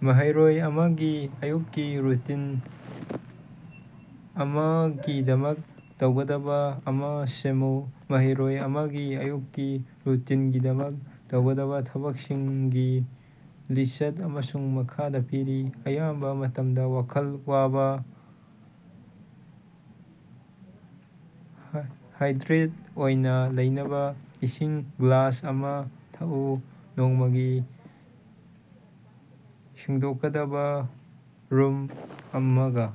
ꯃꯍꯩꯔꯣꯏ ꯑꯃꯒꯤ ꯑꯌꯨꯛꯀꯤ ꯔꯨꯇꯤꯟ ꯑꯃꯒꯤꯗꯃꯛ ꯇꯧꯒꯗꯕ ꯑꯃ ꯁꯦꯝꯃꯨ꯫ ꯃꯍꯩꯔꯣꯏ ꯑꯃꯒꯤ ꯑꯌꯨꯛꯀꯤ ꯔꯨꯇꯤꯟꯒꯤꯗꯃꯛ ꯇꯧꯒꯗꯕꯥ ꯊꯕꯛꯁꯤꯡꯒꯤ ꯂꯤꯁ꯭ꯠ ꯑꯃ ꯃꯈꯥꯗ ꯄꯤꯔꯤ: ꯑꯌꯥꯝꯕꯥ ꯃꯇꯝꯗꯥ ꯋꯥꯈꯜ ꯋꯥꯕꯥ ꯍꯥꯏꯗ꯭ꯔꯦꯠ ꯑꯣꯏꯅꯥ ꯂꯩꯅꯕꯥ ꯏꯁꯤꯡ ꯒ꯭ꯂꯥꯁ ꯑꯃ ꯊꯛꯎ꯫ ꯅꯣꯡꯃꯒꯤ ꯁꯦꯡꯗꯣꯛꯀꯗꯕ ꯔꯨꯝ ꯑꯃꯒ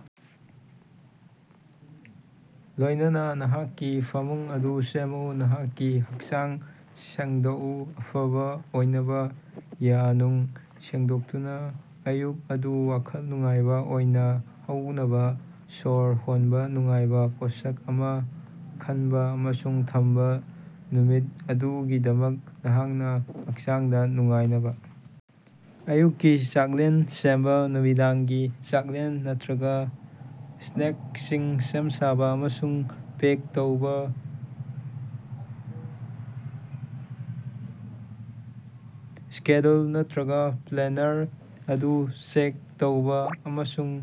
ꯂꯣꯢꯅꯅ ꯅꯍꯥꯛꯀꯤ ꯐꯃꯨꯡ ꯑꯗꯨ ꯁꯦꯝꯃꯨ ꯅꯍꯥꯛꯀꯤ ꯍꯛꯆꯥꯡ ꯁꯦꯡꯗꯣꯛꯎ ꯫ ꯑꯐꯕ ꯑꯣꯏꯅꯕ ꯌꯥ ꯅꯨꯡ ꯁꯦꯡꯗꯣꯛꯇꯨꯅ ꯑꯌꯨꯛ ꯑꯗꯨ ꯋꯥꯈꯜ ꯅꯨꯡꯉꯥꯏꯕ ꯑꯣꯏꯅ ꯍꯧꯅꯕꯥ ꯁꯣꯔ ꯍꯣꯟꯕ ꯅꯨꯡꯉꯥꯏꯕ ꯄꯣꯠꯁꯛ ꯑꯃ ꯈꯟꯕ ꯑꯃꯁꯨꯡ ꯊꯝꯕ ꯅꯨꯃꯤꯠ ꯑꯗꯨꯒꯤꯗꯃꯛ ꯅꯍꯥꯛꯅ ꯍꯛꯆꯥꯡꯗ ꯅꯨꯡꯉꯥꯏꯅꯕ ꯑꯌꯨꯛꯀꯤ ꯆꯥꯛꯂꯦꯟ ꯁꯦꯝꯕ ꯅꯨꯃꯤꯗꯥꯡꯒꯤ ꯆꯥꯛꯂꯦꯟ ꯅꯠꯇ꯭ꯔꯒꯥ ꯁ꯭ꯅꯦꯛꯁꯤꯡ ꯁꯦꯝ-ꯁꯥꯕꯥ ꯑꯃꯁꯨꯡ ꯄꯦꯛ ꯇꯧꯕꯥ ꯁꯦꯗ꯭ꯌꯨꯜ ꯅꯠꯇ꯭ꯔꯒꯥ ꯄ꯭ꯂꯥꯅꯔ ꯑꯗꯨ ꯆꯦꯛ ꯇꯧꯕꯥ ꯑꯃꯁꯨꯡ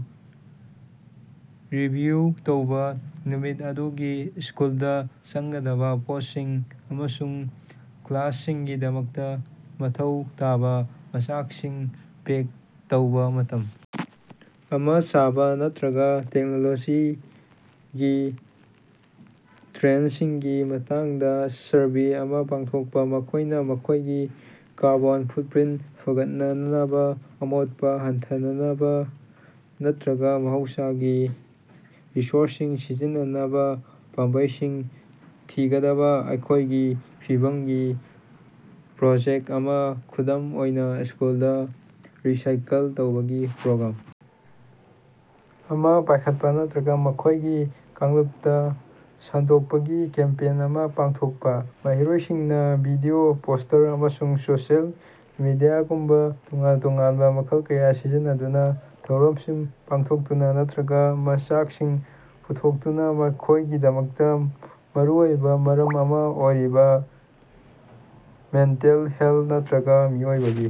ꯔꯤꯚꯤꯌꯨ ꯇꯧꯕꯥ꯫ ꯅꯨꯃꯤꯠ ꯑꯗꯨꯒꯤ ꯁ꯭ꯀꯨꯜꯗ ꯆꯪꯒꯗꯕ ꯄꯣꯠꯁꯤꯡ ꯑꯃꯁꯨꯡ ꯀ꯭ꯂꯥꯁꯁꯤꯡꯒꯤꯗꯃꯛꯇ ꯃꯊꯧ ꯇꯥꯕ ꯃꯆꯥꯛꯁꯤꯡ ꯄꯦꯛ ꯇꯧꯕꯥ ꯃꯇꯝ ꯑꯃ ꯁꯥꯕ ꯅꯠꯇ꯭ꯔꯒ ꯇꯦꯛꯅꯣꯂꯣꯖꯤꯒꯤ ꯇ꯭ꯔꯦꯟꯗꯁꯤꯡꯒꯤ ꯃꯇꯥꯡꯗꯥ ꯁꯔꯚꯦ ꯑꯃꯥ ꯄꯥꯡꯊꯣꯛꯄ꯫ ꯃꯈꯣꯢꯅ ꯃꯈꯣꯢꯒꯤ ꯀꯥꯔꯕꯣꯟ ꯐꯨꯠꯄ꯭ꯔꯤꯟꯇ ꯐꯒꯠꯅꯟꯅꯕ ꯑꯃꯣꯠꯄꯥ ꯍꯟꯊꯅꯟꯅꯕ ꯅꯠꯇ꯭ꯔꯒ ꯃꯍꯧꯁꯥꯒꯤ ꯔꯤꯁꯣꯔꯁꯁꯤꯡ ꯁꯤꯖꯤꯟꯅꯅꯕ ꯄꯥꯝꯕꯩꯁꯤꯡ ꯊꯤꯒꯗꯕꯥ ꯑꯈꯣꯢꯒꯤ ꯐꯤꯕꯝꯒꯤ ꯄ꯭ꯔꯣꯖꯦꯛꯇ ꯑꯃꯥ, ꯈꯨꯗꯝ ꯑꯣꯏꯅ ꯁ꯭ꯀꯨꯜꯗ ꯔꯤꯁꯥꯏꯀꯜ ꯇꯧꯕꯒꯤ ꯄ꯭ꯔꯣꯒ꯭ꯔꯥꯝ ꯑꯃ ꯄꯥꯢꯈꯠꯄ ꯅꯠꯇ꯭ꯔꯒꯥ ꯃꯈꯣꯢꯒꯤ ꯀꯥꯡꯂꯨꯞꯇ ꯁꯦꯡꯗꯣꯛꯄꯒꯤ ꯀꯦꯝꯄꯦꯟ ꯑꯃ ꯄꯥꯡꯊꯣꯛꯄꯥ꯫ ꯃꯍꯩꯔꯣꯏꯁꯤꯡꯅꯥ ꯚꯤꯗꯤꯑꯣ, ꯄꯣꯁ꯭ꯇꯔ, ꯑꯃꯁꯨꯡ ꯁꯣꯁꯤꯑꯦꯜ ꯃꯤꯗꯤꯌꯥꯒꯨꯝꯕꯥ ꯇꯣꯉꯥꯟ-ꯇꯣꯉꯥꯟꯕꯥ ꯃꯈꯜ ꯀꯌꯥ ꯁꯤꯖꯤꯟꯅꯗꯨꯅ ꯊꯧꯔꯝꯁꯤꯡ ꯄꯥꯡꯊꯣꯛꯇꯨꯅ ꯅꯠꯇ꯭ꯔꯒꯥ ꯃꯆꯥꯛꯁꯤꯡ ꯄꯨꯊꯣꯛꯇꯨꯅ ꯃꯈꯣꯢꯒꯤꯗꯃꯛꯇ ꯃꯔꯨꯑꯣꯏꯕ ꯃꯔꯝ ꯑꯃ ꯑꯣꯏꯔꯤꯕꯥ ꯃꯦꯟꯇꯦꯜ ꯍꯦꯜꯊ ꯅꯠꯇ꯭ꯔꯒ ꯃꯤꯑꯣꯏꯕꯒꯤ